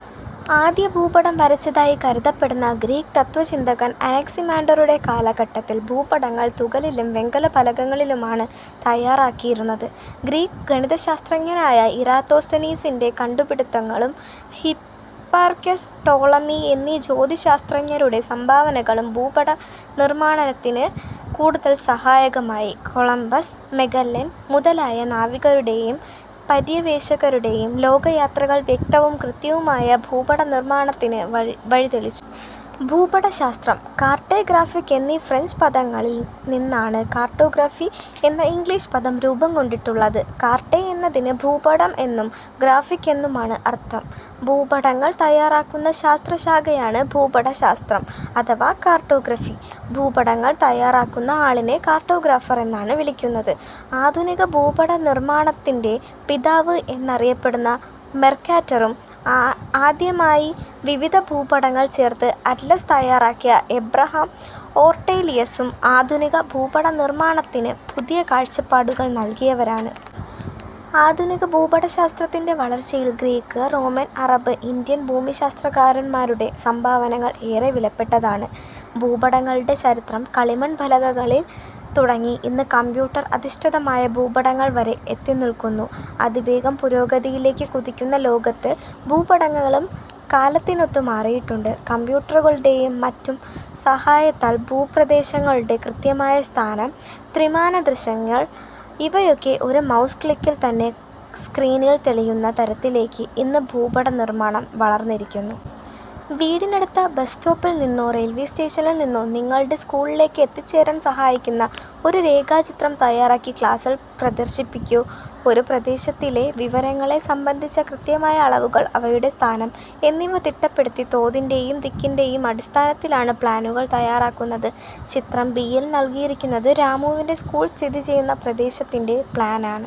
ആദ്യ ഭൂപടം വരച്ചതായി കരുതപ്പെടുന്ന ഗ്രീക്ക് തത്വചിന്തകൻ അനക്സിമാൻഡറുടെ കാലഘട്ടത്തിൽ ഭൂപടങ്ങൾ തുകലിലും വെങ്കല ഫലകങ്ങളിലുമാണ് തയ്യാറാക്കിയിരുന്നത്. ഗ്രീക്ക് ഗണിതശാസ്ത്രജ്ഞനായ ഇറാത്തോസ്തനീസിന്റെ കണ്ടുപിടുത്തങ്ങളും ഹിപ്പാർക്കസ്, ടോളമി എന്നീ ജ്യോതിശാസ്ത്രജ്ഞരുടെ സംഭാവനകളും ഭൂപടനിർമ്മാണത്തിന് കൂടുതൽ സഹായകമായി. കൊളമ്പസ്, മെഗല്ലൻ മുതലായ നാവികരുടെയും പര്യവേഷകരുടെയും ലോകയാത്രകൾ വ്യക്തവും കൃത്യവുമായ ഭൂപടനിർമ്മാണത്തിന് വഴിതെളിച്ചു. ഭൂപടശാസ്ത്രം- കാർട്ടേ ഗ്രാഫിക് എന്നീ ഫ്രഞ്ച് പദങ്ങളിൽ നിന്നാണ് കാർട്ടോഗ്രാഫി എന്ന ഇംഗ്ലീഷ് പദം രൂപംകൊണ്ടിട്ടുള്ളത്. കാർട്ടേ എന്നതിന് ഭൂപടം എന്നും ഗ്രാഫിക് എന്നുമാണ് അർഥം. ഭൂപടങ്ങൾ തയ്യാറാക്കുന്ന ശാസ്ത്രശാഖയാണ് ഭൂപടശാസ്ത്രം അഥവാ കാർട്ടോഗ്രാഫി. ഭൂപടങ്ങൾ തയ്യാറാക്കുന്ന ആളിനെ കാർട്ടോഗ്രാഫർ എന്നാണ് വിളിക്കുന്നത്. ആധുനിക ഭൂപടനിർമ്മാണത്തിന്റെ പിതാവ് എന്നറിയപ്പെടുന്ന മെർക്കാറ്ററും ആദ്യമായി വിവിധ ഭൂപടങ്ങൾ ചേർത്ത് "അറ്റ്ലസ്' തയ്യാറാക്കിയ എബ്രഹാം ഓർട്ടേലിയസും ആധുനിക ഭൂപടനിർമ്മാണത്തിന് പുതിയ കാഴ്ചപ്പാടുകൾ നൽകിയവരാണ്. ആധുനിക ഭൂപടശാസ്ത്രത്തിന്റെ വളർച്ചയിൽ ഗ്രീക്ക്, റോമൻ, അറബ്, ഇന്ത്യൻ ഭൂമിശാസ്ത്രകാരന്മാരുടെ സംഭാവനകൾ ഏറെ വിലപ്പെട്ടതാണ്. ഭൂപടങ്ങളുടെ ചരിത്രം കളിമൺ ഫലകങ്ങളിൽ തുടങ്ങി ഇന്ന് കമ്പ്യൂട്ടർ അധിഷ്ഠിതമായ ഭൂപടങ്ങൾ വരെ എത്തിനിൽക്കുന്നു. അതിവേഗം പുരോഗതിയിലേക്ക് കുതിക്കുന്ന ലോകത്ത് ഭൂപടങ്ങളും കാലത്തിനൊത്ത് മാറിയിട്ടുണ്ട്. കമ്പ്യൂട്ടറുകളുടെയും മറ്റും സഹായത്താൽ ഭൂപ്രദേശങ്ങളുടെ കൃത്യമായ സ്ഥാനം, ത്രിമാനദൃശ്യങ്ങൾ ഇവയൊക്കെ ഒരു മൗസ് ക്ലിക്കിൽ തന്നെ സ്ക്രീനിൽ തെളിയുന്ന തരത്തിലേക്ക് ഇന്ന് ഭൂപടനിർമ്മാണം വളർന്നിരിക്കുന്നു. വീടിനടുത്ത ബസ്സ് സ്റ്റോപ്പിൽ നിന്നോ റെയിൽവെ സ്റ്റേഷനിൽനിന്നോ നിങ്ങളുടെ സ്കൂളിലേക്ക് എത്തിച്ചേരാൻ സഹായിക്കുന്ന ഒരു രേഖാചിത്രം തയ്യാറാക്കി ക്ലാസിൽ പ്രദർശിപ്പിക്കൂ. ഒരു പ്രദേശത്തിലെ വിവരങ്ങളെ സംബന്ധിച്ച കൃത്യമായ അളവുകൾ, അവയുടെ സ്ഥാനം എന്നിവ തിട്ടപ്പെടുത്തി തോതിന്റെയും ദിക്കിന്റെയും അടിസ്ഥാനത്തിലാണ് പ്ലാനുകൾ തയ്യാറാക്കുന്നത്. ചിത്രം ബി യിൽ നൽകിയിരിക്കുന്നത് രാമുവിന്റെ സ്കൂൾ സ്ഥിതിചെയ്യുന്ന പ്രദേശത്തിന്റെ പ്ലാനാണ്.